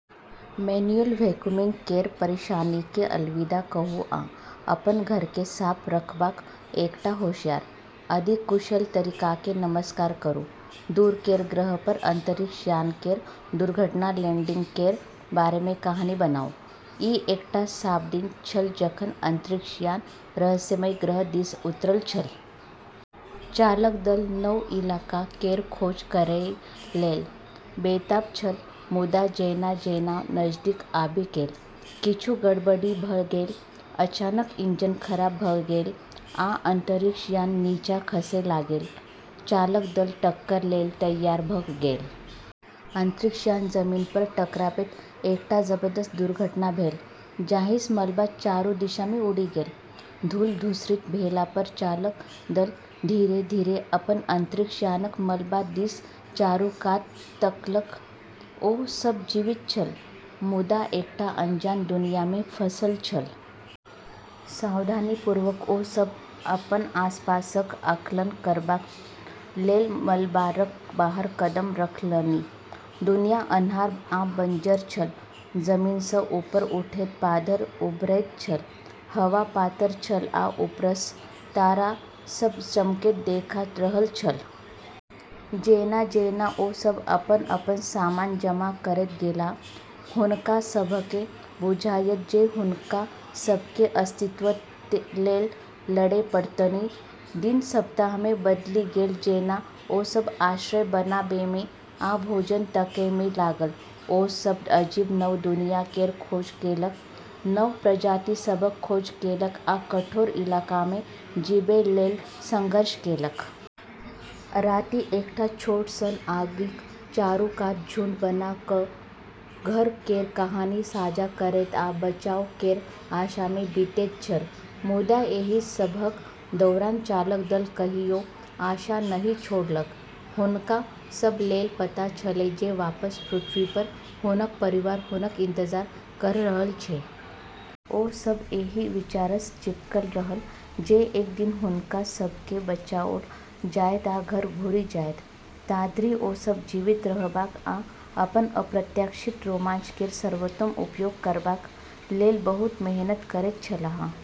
Manual vacuuming केर परेशानीकेँ अलविदा कहू आ अपन घरकेँ साफ रखबाक एकटा होशियार, अधिक कुशल तरीकाकेँ नमस्कार करू। दूर केर ग्रहपर अंतरिक्ष यान केर दुर्घटना-लैंडिंग केर बारेमे कहानी बनाउ। ई एकटा साफ दिन छल जखन अंतरिक्ष यान रहस्यमयी ग्रह दिस उतरल छल। चालक दल नव इलाका केर खोज करै लेल बेताब छल, मुदा जेना-जेना नजदीक आबि गेल, किछु गड़बड़ी भऽ गेल। अचानक इंजन खराब भऽ गेल आ अंतरिक्ष यान नीचाँ खसै लागल। चालक दल टक्कर लेल तैयार भऽ गेल। अंतरिक्ष यान जमीनपर टकराबैत एकटा जबरदस्त दुर्घटना भेल, जाहिसँ मलबा चारू दिशामे उड़ि गेल। धूल-धूसरित भेलापर चालक दल धीरे-धीरे अपन अंतरिक्ष यानक मलबा दिस चारू कात तकलक। ओ सभ जीवित छल, मुदा एकटा अनजान दुनियामे फंसल छल। सावधानीपूर्वक ओ सब अपन आसपासक आकलन करबाक लेल मलबारक बाहर कदम रखलनि। दुनिया अन्हार आ बंजर छल, जमीनसँ ऊपर उठैत पाथर उभरैत छल। हवा पातर छल आ ऊपरसँ तारा सभ चमकैत देखा रहल छल। जेना-जेना ओ सभ अपन-अपन सामान जमा करैत गेलाह, हुनका सभकेँ बुझायल जे हुनका सभकेँ अस्तित्व लेल लड़ै पड़तनि। दिन सप्ताहमे बदलि गेल जेना ओ सब आश्रय बनाबैमे आ भोजन तकैमे लागल। ओ सब अजीब नव दुनिया केर खोज केलक, नव प्रजाति सभक खोज केलक आ कठोर इलाकामे जीबै लेल संघर्ष केलक। राति एकटा छोट सन आगिक चारू कात झुंड बना कऽ घर केर कहानी साझा करैत आ बचाव केर आशामे बीतैत छल। मुदा एहि सबहक दौरान चालक दल कहियो आशा नहि छोड़लक। हुनका सब लेल पता छलै जे वापस पृथ्वीपर हुनक परिवार हुनक इंतजार कऽ रहल छै। ओ सभ एहि विचारसँ चिपकल रहल जे एक दिन हुनका सभकेँ बचाओल जाएत आ घर घुरि जाएत। ताधरि ओ सब जीवित रहबाक आ अपन अप्रत्याशित रोमांच केर सर्वोत्तम उपयोग करबाक लेल बहुत मेहनत करैत छलाह।